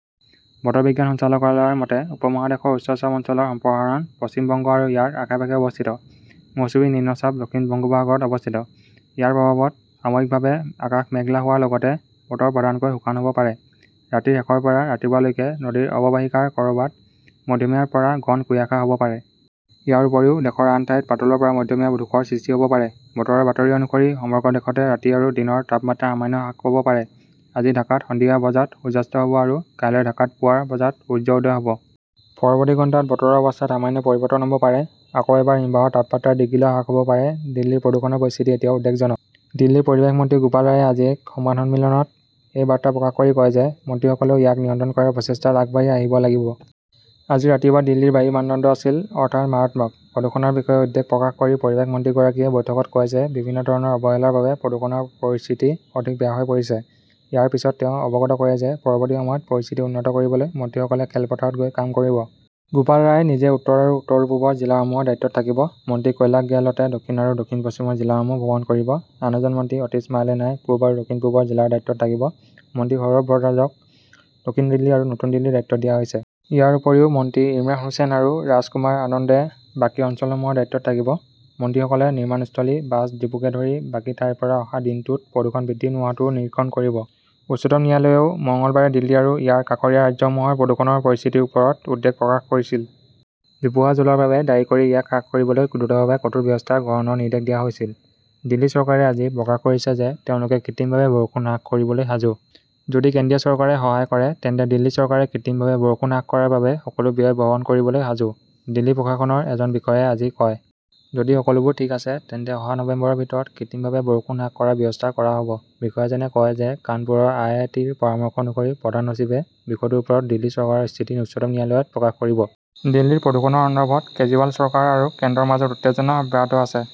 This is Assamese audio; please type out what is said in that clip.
বতৰ বিজ্ঞান সঞ্চালকালয়ৰ মতে, উপমহাদেশৰ উচ্চ চাপ অঞ্চলৰ সম্প্ৰসাৰণ পশ্চিম বংগ আৰু ইয়াৰ আশে-পাশে অৱস্থিত। মৌচুমী নিম্নচাপ দক্ষিণ বংগোপসাগৰত অৱস্থিত। ইয়াৰ প্ৰভাৱত সাময়িকভাৱে আকাশ মেঘলা হোৱাৰ লগতে বতৰ প্ৰধানকৈ শুকান হ'ব পাৰে। ৰাতিৰ শেষৰ পৰা ৰাতিপুৱা লৈকে নদীৰ অৱবাহিকাৰ ক'ৰবাত মধ্যমীয়াৰ পৰা ঘন কুয়াশা হ'ব পাৰে। ইয়াৰ উপৰিও দেশৰ আন ঠাইত পাতলৰ পৰা মধ্যমীয়া ধূসৰ সৃষ্টি হʼব পাৰে। বতৰৰ বাতৰি অনুসৰি সমগ্ৰ দেশতে ৰাতি আৰু দিনৰ তাপমাত্ৰা সামান্য হ্ৰাস পাব পাৰে। আজি ঢাকাত সন্ধিয়া বজাত সূৰ্যাস্ত হ'ব আৰু কাইলৈ ঢাকাত পুৱা বজাত সূৰ্য উদয় হ'ব। পৰৱৰ্তী ঘণ্টাত বতৰৰ অৱস্থাত সামান্য পৰিৱৰ্তন হ'ব পাৰে। আকৌ এবাৰ হিমবাহৰ তাপমাত্ৰা ডিগ্ৰীলৈ হ্ৰাস হ'ব পাৰে দিল্লীৰ প্ৰদূষণৰ পৰিস্থিতি এতিয়াও উদ্বেগজনক। দিল্লীৰ পৰিৱেশ মন্ত্ৰী গোপাল ৰায়ে আজি এক সংবাদ সন্মিলনত এই বাৰ্তা প্ৰকাশ কৰি কয় যে মন্ত্ৰীসকলেও ইয়াক নিয়ন্ত্ৰণ কৰাৰ প্ৰচেষ্টাত আগবাঢ়ি আহিব লাগিব। আজি ৰাতিপুৱা দিল্লীৰ বায়ুৰ মানদণ্ড আছিল, অৰ্থাৎ মাৰাত্মক। প্ৰদূষণৰ বিষয়ে উদ্বেগ প্ৰকাশ কৰি পৰিৱেশ মন্ত্ৰীগৰাকীয়ে বৈঠকত কয় যে বিভিন্ন ধৰণৰ অৱহেলাৰ বাবে প্ৰদূষণৰ পৰিস্থিতি অধিক বেয়া হৈ পৰিছে। ইয়াৰ পিছত তেওঁ অৱগত কৰে যে পৰৱৰ্তী সময়ত পৰিস্থিতি উন্নত কৰিবলৈ মন্ত্ৰীসকলে খেলপথাৰত গৈ কাম কৰিব। গোপাল ৰাই নিজেই উত্তৰ আৰু উত্তৰ-পূবৰ জিলাসমূহৰ দায়িত্বত থাকিব। মন্ত্ৰী কৈলাশ গেহলটে দক্ষিণ আৰু দক্ষিণ-পশ্চিমৰ জিলাসমূহ ভ্ৰমণ কৰিব। আন এজন মন্ত্ৰী অতিশী মাৰ্লেনাই পূব আৰু দক্ষিণ-পূবৰ জিলাৰ দায়িত্বত থাকিব। মন্ত্ৰী সৌৰভ ভৰদ্বাজক দক্ষিণ দিল্লী আৰু নতুন দিল্লীৰ দায়িত্ব দিয়া হৈছে। ইয়াৰ উপৰিও মন্ত্ৰী ইমৰান হোসেন আৰু ৰাজ কুমাৰ আনন্দে বাকী অঞ্চলসমূহৰ দায়িত্বত থাকিব। মন্ত্ৰীসকলে নিৰ্মাণস্থলী, বাছ ডিপোকে ধৰি বাকী ঠাইৰ পৰা অহা দিনটোত প্ৰদূষণ বৃদ্ধি নোহোৱাটোও নিৰীক্ষণ কৰিব। উচ্চতম ন্যায়ালয়েও মঙলবাৰে দিল্লী আৰু ইয়াৰ কাষৰীয়া ৰাজ্যসমূহৰ প্ৰদূষণৰ পৰিস্থিতিৰ ওপৰত উদ্বেগ প্ৰকাশ কৰিছিল। জোপোহা জ্বলোৱাৰ বাবে দায়ী কৰি ইয়াক হ্ৰাস কৰিবলৈ দ্ৰুতভাৱে কঠোৰ ব্যৱস্থা গ্ৰহণৰ নিৰ্দেশ দিয়া হৈছিল। দিল্লী চৰকাৰে আজি প্ৰকাশ কৰিছে যে তেওঁলোকে কৃত্ৰিমভাৱে বৰষুণ হ্ৰাস কৰিবলৈ সাজু। যদি কেন্দ্ৰীয় চৰকাৰে সহায় কৰে, তেন্তে দিল্লী চৰকাৰে কৃত্ৰিমভাৱে বৰষুণ হ্ৰাস কৰাৰ বাবে সকলো ব্যয় বহন কৰিবলৈ সাজু, দিল্লী প্ৰশাসনৰ এজন বিষয়াই আজি কয়। যদি সকলোবোৰ ঠিক আছে, তেন্তে অহা নৱেম্বৰৰ ভিতৰত কৃত্ৰিমভাৱে বৰষুণ হ্ৰাস কৰাৰ ব্যৱস্থা কৰা হ 'ব। বিষয়াজনে কয় যে কানপুৰৰ আই. আই. টি. -ৰ পৰামৰ্শ অনুসৰি প্ৰধান সচিবে বিষয়টোৰ ওপৰত দিল্লী চৰকাৰৰ স্থিতি উচ্চতম ন্যায়ালয়ত প্ৰকাশ কৰিব। দিল্লীৰ প্ৰদূষণৰ সন্দৰ্ভত কেজৰিৱাল চৰকাৰ আৰু কেন্দ্ৰৰ মাজত উত্তেজনা অব্যাহত আছে।